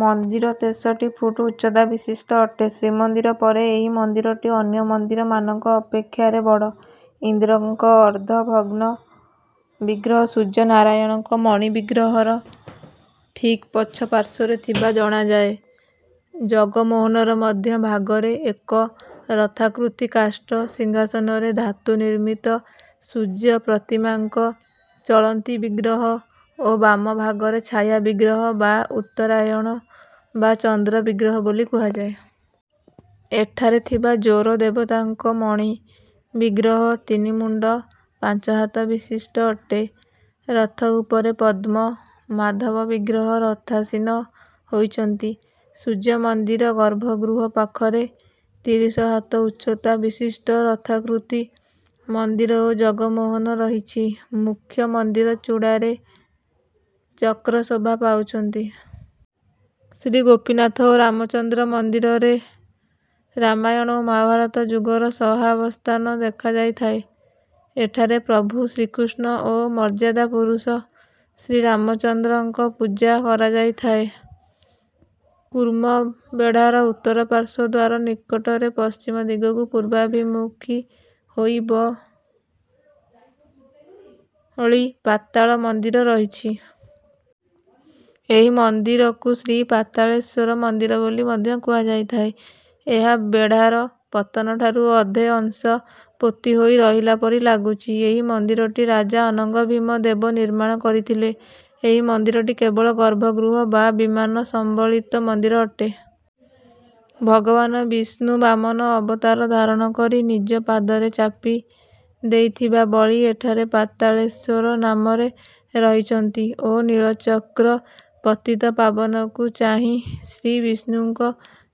ମନ୍ଦିର ତେଷଠି ଫୁଟ୍ ଉଚ୍ଚତା ବିଶିଷ୍ଟ ଅଟେ। ଶ୍ରୀମନ୍ଦିର ପରେ ଏହି ମନ୍ଦିରଟି ଅନ୍ୟ ମନ୍ଦିରମାନଙ୍କ ଅପେକ୍ଷାରେ ବଡ଼। ଇନ୍ଦ୍ରଙ୍କ ଅର୍ଦ୍ଧ ଭଗ୍ନ ବିଗ୍ରହ ସୂର୍ଯ୍ୟ ନାରାୟଣଙ୍କ ମଣି ବିଗ୍ରହର ଠିକ୍ ପଛ ପାର୍ଶ୍ୱରେ ଥିବା ଜଣାଯାଏ। ଜଗମୋହନର ମଧ୍ୟ ଭାଗରେ ଏକ ରଥାକୃତି କାଷ୍ଠ ସିଂହାସନରେ ଧାତୁ ନିର୍ମିତ ସୂର୍ଯ୍ୟ ପ୍ରତିମାଙ୍କ ଚଳନ୍ତି ବିଗ୍ରହ ଓ ବାମ ଭାଗରେ ଛାୟା ବିଗ୍ରହ ବା ଉତ୍ତରାୟଣ ବା ଚନ୍ଦ୍ର ବିଗ୍ରହ ବୋଲି କୁହାଯାଏ। ଏଠାରେ ଥିବା ଜ୍ୱର ଦେବତାଙ୍କ ମଣି ବିଗ୍ରହ ତିନି ମୁଣ୍ଡ ପାଞ୍ଚ ହାତ ବିଶିଷ୍ଟ ଅଟେ। ରଥ ଉପରେ ପଦ୍ମ ମାଧବ ବିଗ୍ରହ ରଥାସୀନ ହୋଇଛନ୍ତି। ସୂର୍ଯ୍ୟ ମନ୍ଦିର ଗର୍ଭଗୃହ ପାଖରେ ତିରିଶ ହାତ ଉଚ୍ଚତା ବିଶିଷ୍ଟ ରଥାକୃତି ମନ୍ଦିର ଓ ଜଗମୋହନ ରହିଛି। ମୁଖ୍ୟ ମନ୍ଦିର ଚୂଡ଼ାରେ ଚକ୍ର ଶୋଭା ପାଉଛନ୍ତି। ଶ୍ରୀ ଗୋପୀନାଥ ଓ ରାମଚନ୍ଦ୍ର ମନ୍ଦିରରେ ରାମାୟଣ ଓ ମହାଭାରତ ଯୁଗର ସହାବସ୍ଥାନ ଦେଖାଯାଇଥାଏ। ଏଠାରେ ପ୍ରଭୁ ଶ୍ରୀକୃଷ୍ଣ ଓ ମର୍ଯ୍ୟାଦା ପୁରୁଷ ଶ୍ରୀରାମଚନ୍ଦ୍ରଙ୍କ ପୂଜା କରାଯାଇଥାଏ। କୁର୍ମ ବେଢାର ଉତ୍ତର ପାର୍ଶ୍ୱ ଦ୍ୱାର ନିକଟରେ ପଶ୍ଚିମ ଦିଗକୁ ପୂର୍ବାଭିମୁଖୀ ହୋଇ ବଳୀ ପାତାଳ ମନ୍ଦିର ରହିଛି। ଏହି ମନ୍ଦିରକୁ ଶ୍ରୀପାତାଳେଶ୍ୱର ମନ୍ଦିର ବୋଲି ମଧ୍ୟ କୁହାଯାଇଥାଏ। ଏହା ବେଢାର ପତନଠାରୁ ଅଧେ ଅଂଶ ପୋତି ହୋଇ ରହିଲା ପରି ଲାଗୁଛି। ଏହି ମନ୍ଦିରଟି ରାଜା ଅନଙ୍ଗ ଭୀମ ଦେବ ନିର୍ମାଣ କରିଥିଲେ। ଏହି ମନ୍ଦିରଟି କେବଳ ଗର୍ଭଗୃହ ବା ବିମାନ ସମ୍ବଳିତ ମନ୍ଦିର ଅଟେ। ଭଗବାନ ବିଷ୍ଣୁ ବାମନ ଅବତାର ଧାରଣ କରି ନିଜ ପାଦରେ ଚାପି ଦେଇଥିବା ବଳୀ ଏଠାରେ ପାତାଳେଶ୍ୱର ନାମରେ ରହିଛନ୍ତି ଓ ନୀଳଚକ୍ର ପତିତପାବନକୁ ଚାହିଁ ଶ୍ରୀବିଷ୍ଣୁଙ୍କ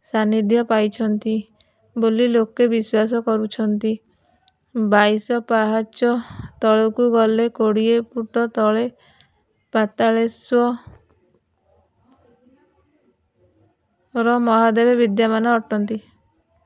ସାନିଧ୍ୟ ପାଇଛନ୍ତି ବୋଲି ଲୋକେ ବିଶ୍ୱାସ କରୁଛନ୍ତି। ବାଇଶ ପାହାଚ ତଳକୁ ଗଲେ କୋଡ଼ିଏ ଫୁଟ ତଳେ ପାତାଳେଶ୍ୱର ମହାଦେବ ବିଦ୍ୟମାନ ଅଟନ୍ତି।